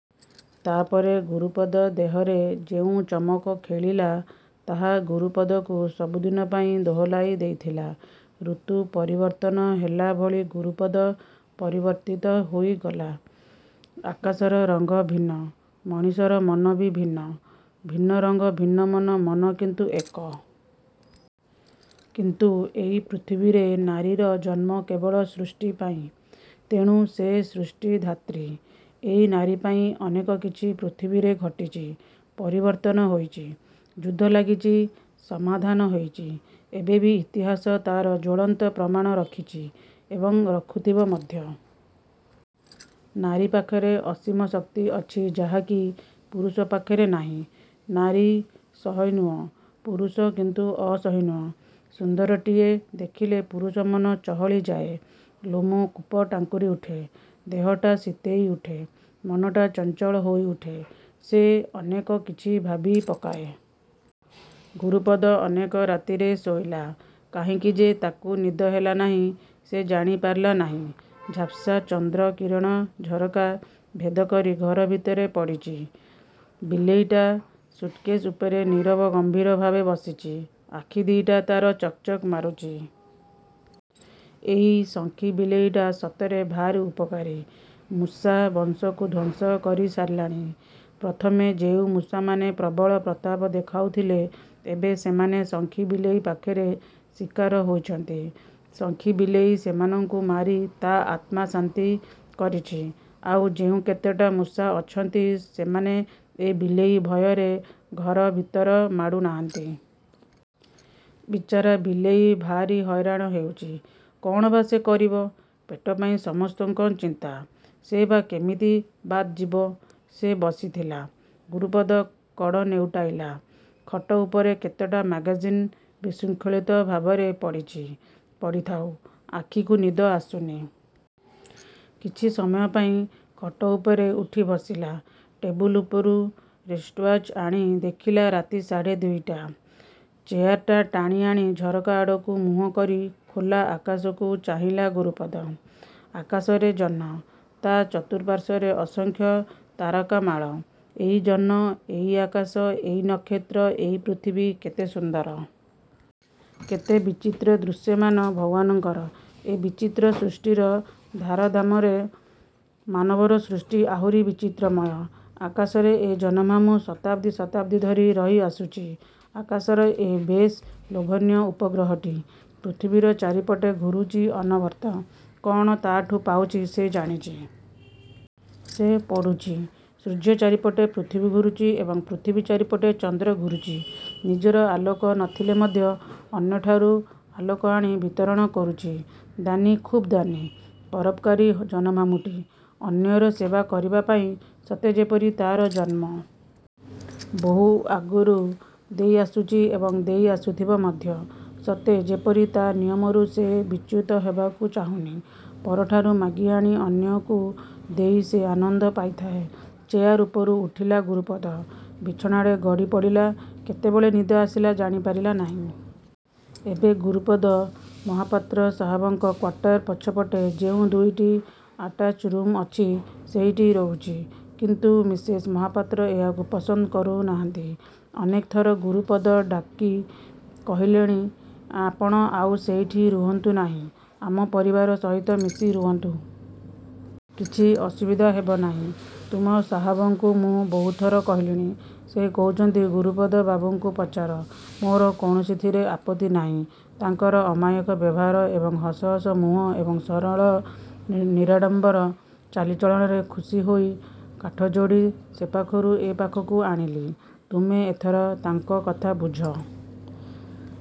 ତା'ପରେ ଗୁରୁପଦ ଦେହରେ ଯେଉଁ ଚମକ ଖେଳିଲା ତାହା ଗୁରୁପଦକୁ ସବୁ ଦିନ ପାଇଁ ଦୋହଲାଇ ଦେଇଥିଲା। ଋତୁ ପରିବର୍ତ୍ତନ ହେଲା ଭଳି ଗୁରୁପଦ ପରିବର୍ତ୍ତିତ ହୋଇଗଲା। ଆକାଶର ରଙ୍ଗ ଭିନ୍ନ। ମଣିଷର ମନ ବି ଭିନ୍ନ? ଭିନ୍ନ ରଙ୍ଗ ଭିନ୍ନ ମନ, ମନ କିନ୍ତୁ ଏକ। କିନ୍ତୁ ଏଇ ପୃଥିବୀରେ ନାରୀର ଜନ୍ମ କେବଳ ସୃଷ୍ଟି ପାଇଁ। ତେଣୁ ସେ ସୃଷ୍ଟି ଧାତ୍ରୀ। ଏଇ ନାରୀ ପାଇଁ ଅନେକ କିଛି ପୃଥିବୀରେ ଘଟିଛି, ପରିବର୍ତ୍ତନ ହୋଇଛି। ଯୁଦ୍ଧ ଲାଗିଛି, ସମାଧାନ ହୋଇଛି। ଏବେ ବି ଇତିହାସ ତା'ର ଜ୍ୱଳନ୍ତ ପ୍ରମାଣ ରଖିଛି। ଏବଂ ରଖୁଥିବ ମଧ୍ୟ। ନାରୀ ପାଖରେ ଅସୀମ ଶକ୍ତି ଅଛି ଯାହା କି ପୁରୁଷ ପାଖରେ ନାହିଁ। ନାରୀ ସହିଷ୍ଣୁ, ପୁରୁଷ କିନ୍ତୁ ଅସହିଷ୍ଣୁ। ସୁନ୍ଦରୀଟିଏ ଦେଖିଲେ ପୁରୁଷ ମନ ଚହଲି ଯାଏ, ଲୋମ କୂପ ଟାଙ୍କୁରି ଉଠେ, ଦେହଟା ଶୀତେଇ ଉଠେ, ମନଟା ଚଞ୍ଚଳ ହୋଇଉଠେ। ସେ ଅନେକ କିଛି ଭାବି ପକାଏ। ଗୁରୁପଦ ଅନେକ ରାତିରେ ଶୋଇଲା। କାହିଁକି ଯେ ତା'କୁ ନିଦ ହେଲା ନାହିଁ ସେ ଜାଣି ପାରିଲା ନାହିଁ ଝାପ୍ସା ଚନ୍ଦ୍ରକିରଣ ଝରକା ଭେଦକରି ଘର ଭିତରେ ପଡ଼ିଛି। ବିଲେଇଟା ସୁଟ୍କେଶ ଉପରେ ନୀରବ ଗମ୍ଭୀର ଭାବେ ବସିଛି। ଆଖି ଦି'ଟା ତା'ର ଚକ୍ ଚକ୍ ମାରୁଛି। ଏହି ଶଙ୍ଖି ବିଲେଇଟା ସତରେ ଭାରି ଉପକାରୀ। ମୂଷା ବଂଶକୁ ଧ୍ୱଂସ କରି ସାରିଲାଣି। ପ୍ରଥମେ ଯେଉଁ ମୂଷାମାନେ ପ୍ରବଳ ପ୍ରତାପ ଦେଖାଉଥିଲେ ଏବେ ସେମାନେ ଶଙ୍ଖି ବିଲେଇ ପାଖରେ ଶିକାର ହୋଇଛନ୍ତି। ଶଙ୍ଖି ବିଲେଇ ସେମାନଙ୍କୁ ମାରି ତା' ଆତ୍ମା ଶାନ୍ତି କରିଛି। ଆଉ ଯେଉଁ କେତେଟା ମୂଷା ଅଛନ୍ତି ସେମାନେ ଏ ବିଲେଇ ଭୟରେ ଘର ଭିତର ମାଡ଼ୁ ନାହାନ୍ତି। ବିଚରା ବିଲେଇ ଭାରି ହଇରାଣ ହେଉଛି। କ'ଣ ବା ସେ କରିବ? ପେଟ ପାଇଁ ସମସ୍ତଙ୍କ ଚିନ୍ତା। ସେ ବା କେମିତି ବାଦ ଯିବ? ସେ ବସିଥିଲା। ଗୁରୁପଦ କଡ଼ ନେଉଟାଇଲା। ଖଟ ଉପରେ କେତେଟା ମାଗାଜିନ୍ ବିଶୃଙ୍ଖଳିତ ଭାବରେ ପଡ଼ିଛି। ପଡ଼ିଥାଉ। ଆଖିକୁ ନିଦ ଆସୁନି। କିଛି ସମୟ ପାଇଁ ଖଟ ଉପରେ ଉଠି ବସିଲା। ଟେବୁଲ ଉପରୁ ରିଷ୍ଟ୍ଓ୍ୱାଚ ଆଣି ଦେଖିଲା ରାତି ସାଢ଼େ ଦୁଇଟା। ଚେୟାରଟା ଟାଣି ଆଣି ଝରକା ଆଡ଼କୁ ମୁଁହ କରି ଖୋଲା ଆକାଶକୁ ଚାହିଁଲା ଗୁରୁପଦ। ଆକାଶରେ ଜହ୍ନ। ତା' ଚତୁଃପାର୍ଶ୍ୱରେ ଅସଂଖ୍ୟ ତାରକାମାଳ। ଏଇ ଜହ୍ନ, ଏଇ ଆକାଶ, ଏଇ ନକ୍ଷେତ୍ର, ଏଇ ପୃଥିବୀ, କେତେ ସୁନ୍ଦର। କେତେ ବିଚିତ୍ର ଦୃଶ୍ୟମାନ ଭଗବାନଙ୍କର, ଏ ବିଚିତ୍ର ସୃଷ୍ଟିର ଧରାଧାମରେ ମାନବର ସୃଷ୍ଟି ଆହୁରି ବିଚିତ୍ରମୟ। ଆକାଶରେ ଏ ଜହ୍ନମାମୁଁ ଶତାବ୍ଦୀ ଶତାବ୍ଦୀ ଧରି ରହି ଆସୁଛି। ଆକାଶର ଏ ବେଶ୍ ଲୋଭନୀୟ ଉପଗ୍ରହଟି। ପୃଥିବୀର ଚାରିପଟେ ଘୁରୁଛି ଅନବରତ। କ'ଣ ତା'ଠୁ ପାଉଛି ସେ ଜାଣିଛି। ସେ ପଢ଼ୁଛି, ସୂର୍ଯ୍ୟ ଚାରିପଟେ ପୃଥିବୀ ଘୁରୁଛି ଏବଂ ପୃଥିବୀ ଚାରିପଟେ ଚନ୍ଦ୍ର ଘୂରୁଛି, ନିଜର ଆଲୋକ ନଥିଲେ ମଧ୍ୟ ଅନ୍ୟଠାରୁ ଆଲୋକ ଆଣି ବିତରଣ କରୁଛି। ଦାନୀ ଖୁବ୍ ଦାନୀ। ପରୋପକାରୀ ଜହ୍ନମାମୁଁଟି। ଅନ୍ୟର ସେବା କରିବା ପାଇଁ ସତେ ଯେପରି ତା'ର ଜନ୍ମ। ବହୁ ଆଗରୁ ଦେଇ ଆସୁଛି ଏବଂ ଦେଇ ଆସୁଥିବ ମଧ୍ୟ। ସତେ ଯେପରି ତା' ନିୟମରୁ ସେ ବିଚ୍ୟୁତ ହେବାକୁ ଚାହୁଁନି? ପରଠାରୁ ମାଗି ଆଣି ଅନ୍ୟକୁ ଦେଇ ସେ ଆନନ୍ଦ ପାଇଥାଏ। ଚେୟାର ଉପରୁ ଉଠିଲା ଗୁରୁପଦ। ବିଛଣାରେ ଗଡ଼ି ପଡ଼ିଲା କେତେବେଳେ ନିଦ ଆସିଲା ଜାଣି ପାରିଲା ନାହିଁ। ଏବେ ଗୁରୁପଦ, ମହାପାତ୍ର ସାହାବଙ୍କ କ୍ୱାଟର ପଛପଟେ ଯେଉଁ ଦୁଇଟି ଆଟାଚ୍ ରୁମ୍ ଅଛି ସେଠି ରହୁଛି। କିନ୍ତୁ ମିସେସ୍ ମହାପାତ୍ର ଏହାକୁ ପସନ୍ଦ କରୁନାହାନ୍ତି। ଅନେକ ଥର ଗୁରୁପଦକୁ ଡାକି କହିଲେଣି ଆପଣ ଆଉ ସେଠି ରୁହନ୍ତୁ ନାହିଁ। ଆମ ପରିବାର ସହିତ ମିଶି ରୁହନ୍ତୁ। କିଛି ଅସୁବିଧା ହେବ ନାହିଁ। ତୁମ ସାହାବଙ୍କୁ ମୁଁ ବହୁଥର କହିଲିଣି, ସେ କହିଛନ୍ତି ଗୁରୁପଦ ବାବୁଙ୍କୁ ପଚାର। ମୋର କୌଣସିଥିରେ ଆପତ୍ତି ନାହିଁ। ତାଙ୍କର ଅମାୟିକ ବ୍ୟବହାର ଏବଂ ହସ ହସ ମୁହଁ ଏବଂ ସରଳ ନିରାଡ଼ମ୍ୱର ଚାଲିଚଳନରେ ଖୁସି ହୋଇ କାଠଯୋଡ଼ି ସେପାଖରୁ ଏ ପାଖକୁ ଆଣିଲି। ତୁମେ ଏଥର ତାଙ୍କ କଥା ବୁଝ।